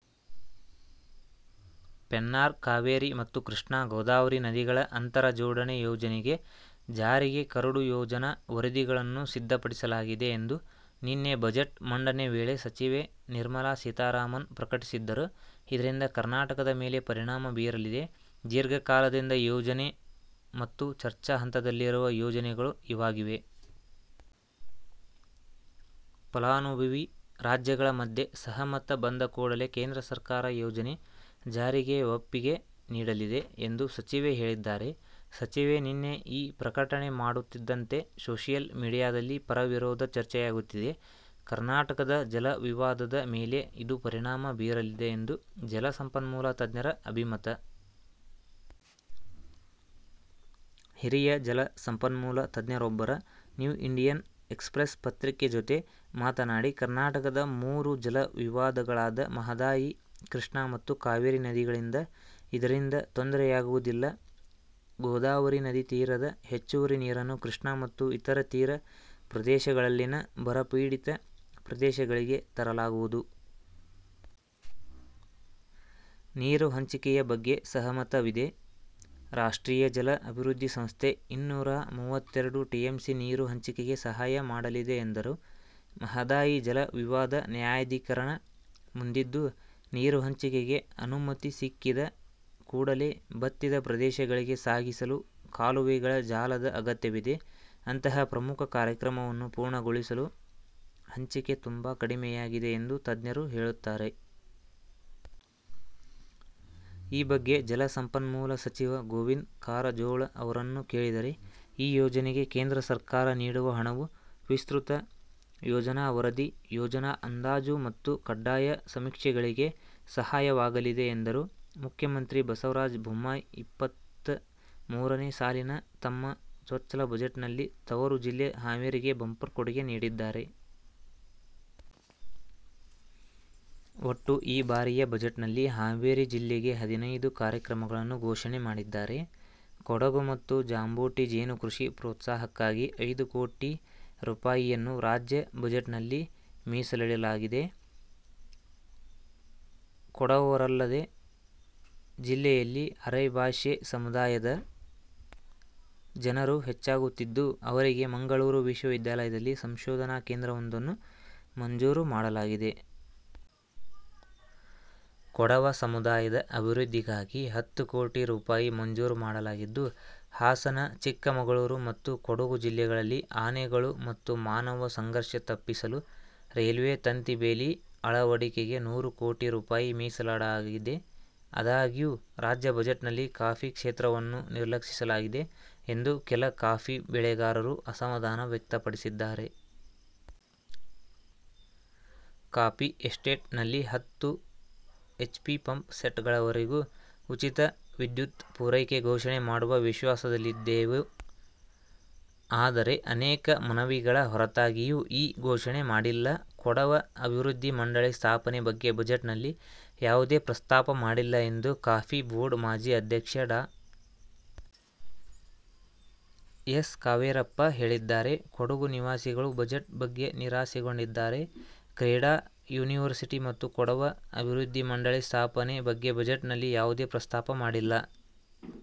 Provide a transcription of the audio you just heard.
ಪೆನ್ನಾರ್-ಕಾವೇರಿ ಮತ್ತು ಕೃಷ್ಣಾ-ಗೋದಾವರಿ ನದಿಗಳ ಅಂತರ ಜೋಡಣೆ ಯೋಜನೆ ಜಾರಿಗೆ ಕರಡು ಯೋಜನಾ ವರದಿಗಳನ್ನು ಸಿದ್ದಪಡಿಸಲಾಗಿದೆ ಎಂದು ನಿನ್ನೆ ಬಜೆಟ್ ಮಂಡನೆ ವೇಳೆ ಸಚಿವೆ ನಿರ್ಮಲಾ ಸೀತಾರಾಮನ್ ಪ್ರಕಟಿಸಿದ್ದರು. ಇದರಿಂದ ಕರ್ನಾಟಕದ ಮೇಲೆ ಪರಿಣಾಮ ಬೀರಲಿದೆ. ದೀರ್ಘ ಕಾಲದಿಂದ ಯೋಜನೆ ಮತ್ತು ಚರ್ಚಾ ಹಂತದಲ್ಲಿರುವ ಯೋಜನೆಗಳು ಇವಾಗಿವೆ. ಫಲಾನುಭವಿ ರಾಜ್ಯಗಳ ಮಧ್ಯೆ ಸಹಮತ ಬಂದ ಕೂಡಲೇ ಕೇಂದ್ರ ಸರ್ಕಾರ ಯೋಜನೆ ಜಾರಿಗೆ ಒಪ್ಪಿಗೆ ನೀಡಲಿದೆ ಎಂದು ಸಚಿವೆ ಹೇಳಿದ್ದಾರೆ. ಸಚಿವೆ ನಿನ್ನೆ ಈ ಪ್ರಕಟಣೆ ಮಾಡುತ್ತಿದ್ದಂತೆ ಸೋಷಿಯಲ್ ಮೀಡಿಯಾದಲ್ಲಿ ಪರ-ವಿರೋಧ ಚರ್ಚೆಯಾಗುತ್ತಿದೆ. ಕರ್ನಾಟಕದ ಜಲ ವಿವಾದದ ಮೇಲೆ ಇದು ಪರಿಣಾಮ ಬೀರಲಿದೆ ಎಂದು ಜಲಸಂಪನ್ಮೂಲ ತಜ್ಞರ ಅಭಿಮತ. ಹಿರಿಯ ಜಲ ಸಂಪನ್ಮೂಲ ತಜ್ಞರೊಬ್ಬರು ನ್ಯೂ ಇಂಡಿಯನ್ ಎಕ್ಸ್ಪ್ರೆಸ್ ಪತ್ರಿಕೆ ಜೊತೆ ಮಾತನಾಡಿ, ಕರ್ನಾಟಕದ ಮೂರು ಜಲ ವಿವಾದಗಳಾದ ಮಹಾದಾಯಿ, ಕೃಷ್ಣ ಮತ್ತು ಕಾವೇರಿ ನದಿಗಳಿಂದ ಇದರಿಂದ ತೊಂದರೆಯಾಗುವುದಿಲ್ಲ. ಗೋದಾವರಿ ನದಿ ತೀರದ ಹೆಚ್ಚುವರಿ ನೀರನ್ನು ಕೃಷ್ಣ ಮತ್ತು ಇತರ ತೀರ ಪ್ರದೇಶಗಳಲ್ಲಿನ ಬರಪೀಡಿತ ಪ್ರದೇಶಗಳಿಗೆ ತರಲಾಗುವುದು. ನೀರು ಹಂಚಿಕೆಯ ಬಗ್ಗೆ ಸಹಮತವಿದೆ. ರಾಷ್ಟ್ರೀಯ ಜಲ ಅಭಿವೃದ್ಧಿ ಸಂಸ್ಥೆ ಇನ್ನೂರಾ ಮೂವತ್ತೆರಡು ಟಿಎಂಸಿ ನೀರು ಹಂಚಿಕೆಗೆ ಸಹಾಯ ಮಾಡಲಿದೆ ಎಂದರು. ಮಹಾದಾಯಿ ಜಲ ವಿವಾದ ನ್ಯಾಯಾಧೀಕರಣ ಮುಂದಿದ್ದು, ನೀರು ಹಂಚಿಕೆಗೆ ಅನುಮತಿ ಸಿಕ್ಕಿದ ಕೂಡಲೇ ಬತ್ತಿದ ಪ್ರದೇಶಗಳಿಗೆ ಸಾಗಿಸಲು ಕಾಲುವೆಗಳ ಜಾಲದ ಅಗತ್ಯವಿದೆ. ಅಂತಹ ಪ್ರಮುಖ ಕಾರ್ಯಕ್ರಮವನ್ನು ಪೂರ್ಣಗೊಳಿಸಲು ಹಂಚಿಕೆ ತುಂಬಾ ಕಡಿಮೆಯಾಗಿದೆ ಎಂದು ತಜ್ಞರು ಹೇಳುತ್ತಾರೆ. ಈ ಬಗ್ಗೆ ಜಲಸಂಪನ್ಮೂಲ ಸಚಿವ ಗೋವಿಂದ ಕಾರಜೋಳ ಅವರನ್ನು ಕೇಳಿದರೆ ಈ ಯೋಜನೆಗೆ ಕೇಂದ್ರ ಸರ್ಕಾರ ನೀಡುವ ಹಣವು ವಿಸ್ತೃತ ಯೋಜನಾ ವರದಿ, ಯೋಜನಾ ಅಂದಾಜು ಮತ್ತು ಕಡ್ಡಾಯ ಸಮೀಕ್ಷೆಗಳಿಗೆ ಸಹಾಯವಾಗಲಿದೆ ಎಂದರು. ಮುಖ್ಯಮಂತ್ರಿ ಬಸವರಾಜ ಬೊಮ್ಮಾಯಿ ಇಪ್ಪತ್ತ ಮೂರನೇ ಸಾಲಿನ ತಮ್ಮ ಚೊಚ್ಚಲ ಬಜೆಟ್ ನಲ್ಲಿ ತವರು ಜಿಲ್ಲೆ ಹಾವೇರಿಗೆ ಬಂಪರ್ ಕೊಡುಗೆ ನೀಡಿದ್ದಾರೆ. ಒಟ್ಟು ಈ ಬಾರಿಯ ಬಜೆಟ್ ನಲ್ಲಿ ಹಾವೇರಿ ಜಿಲ್ಲೆಗೆ ಹದಿನೈದು ಕಾರ್ಯಕ್ರಮಗಳನ್ನು ಘೋಷಣೆ ಮಾಡಿದ್ದಾರೆ. ಕೊಡಗು ಮತ್ತು ಜಾಂಬೋಟಿ ಜೇನು ಕೃಷಿ ಪ್ರೋತ್ಸಾಹಕ್ಕಾಗಿ ಐದು ಕೋಟಿ ರುಪಾಯಿಯನ್ನು ರಾಜ್ಯ ಬಜೆಟ್ ನಲ್ಲಿ ಮೀಸಲಿಡಲಾಗಿದೆ. ಕೊಡವರಲ್ಲದೇ, ಜಿಲ್ಲೆಯಲ್ಲಿ ಅರೆಭಾಷೆ ಸಮುದಾಯದ ಜನರು ಹೆಚ್ಚಾಗುತ್ತಿದ್ದು, ಅವರಿಗೆ ಮಂಗಳೂರು ವಿಶ್ವವಿದ್ಯಾಲಯದಲ್ಲಿ ಸಂಶೋಧನಾ ಕೇಂದ್ರವೊಂದನ್ನು ಮಂಜೂರು ಮಾಡಲಾಗಿದೆ. ಕೊಡವ ಸಮುದಾಯದ ಅಭಿವೃದ್ಧಿಗಾಗಿ ಹತ್ತು ಕೋಟಿ ರುಪಾಯಿ ಮಂಜೂರು ಮಾಡಲಾಗಿದ್ದು, ಹಾಸನ, ಚಿಕ್ಕಮಗಳೂರು ಮತ್ತು ಕೊಡಗು ಜಿಲ್ಲೆಗಳಲ್ಲಿ ಆನೆಗಳು ಮತ್ತು ಮಾನವ ಸಂಘರ್ಘ ತಪ್ಪಿಸಲು ರೈಲ್ವೆ ತಂತಿ ಬೇಲಿ ಅಳವಡಿಕೆಗೆ ನೂರು ಕೋಟಿ ರುಪಾಯಿ ಮೀಸಲಿಡಲಾಗಿದೆ. ಆದಾಗ್ಯೂ, ರಾಜ್ಯ ಬಜೆಟ್ ನಲ್ಲಿ ಕಾಫಿ ಕ್ಷೇತ್ರವನ್ನು ನಿರ್ಲಕ್ಷಿಸಲಾಗಿದೆ ಎಂದು ಕೆಲ ಕಾಫಿ ಬೆಳೆಗಾರರು ಅಸಮಾಧಾನ ವ್ಯಕ್ತಪಡಿಸಿದ್ದಾರೆ. ಕಾಫಿ ಎಸ್ಟೇಟ್ ನಲ್ಲಿ ಹತ್ತು ಹೆಚ್ ಪಿ ಪಂಪ್ ಸೆಟ್ ಗಳವರೆಗೂ ಉಚಿತ ವಿದ್ಯುತ್ ಪೂರೈಕೆ ಘೋಷಣೆ ಮಾಡುವ ವಿಶ್ವಾಸದಲ್ಲಿದ್ದೆವು. ಆದರೆ, ಅನೇಕ ಮನವಿಗಳ ಹೊರತಾಗಿಯೂ ಈ ಘೋಷಣೆ ಮಾಡಿಲ್ಲ, ಕೊಡವ ಅಭಿವೃದ್ಧಿ ಮಂಡಳಿ ಸ್ಥಾಪನೆ ಬಗ್ಗೆ ಬಜೆಟ್ ನಲ್ಲಿ ಯಾವುದೇ ಪ್ರಸ್ತಾಪ ಮಾಡಿಲ್ಲ ಎಂದು ಕಾಫಿ ಬೋರ್ಡ್ ಮಾಜಿ ಅಧ್ಯಕ್ಷ ಡಾ. ಎಸ್. ಕಾವೇರಪ್ಪ ಹೇಳಿದ್ದಾರೆ. ಕೊಡಗು ನಿವಾಸಿಗಳು ಬಜೆಟ್ ಬಗ್ಗೆ ನಿರಾಸೆಗೊಂಡಿದ್ದಾರೆ. ಕ್ರೀಡಾ ಯೂನಿವರ್ಸಿಟಿ ಮತ್ತು ಕೊಡವ ಅಭಿವೃದ್ಧಿ ಮಂಡಳಿ ಸ್ಥಾಪನೆ ಬಗ್ಗೆ ಬಜೆಟ್ ನಲ್ಲಿ ಯಾವುದೇ ಪ್ರಸ್ತಾಪ ಮಾಡಿಲ್ಲ.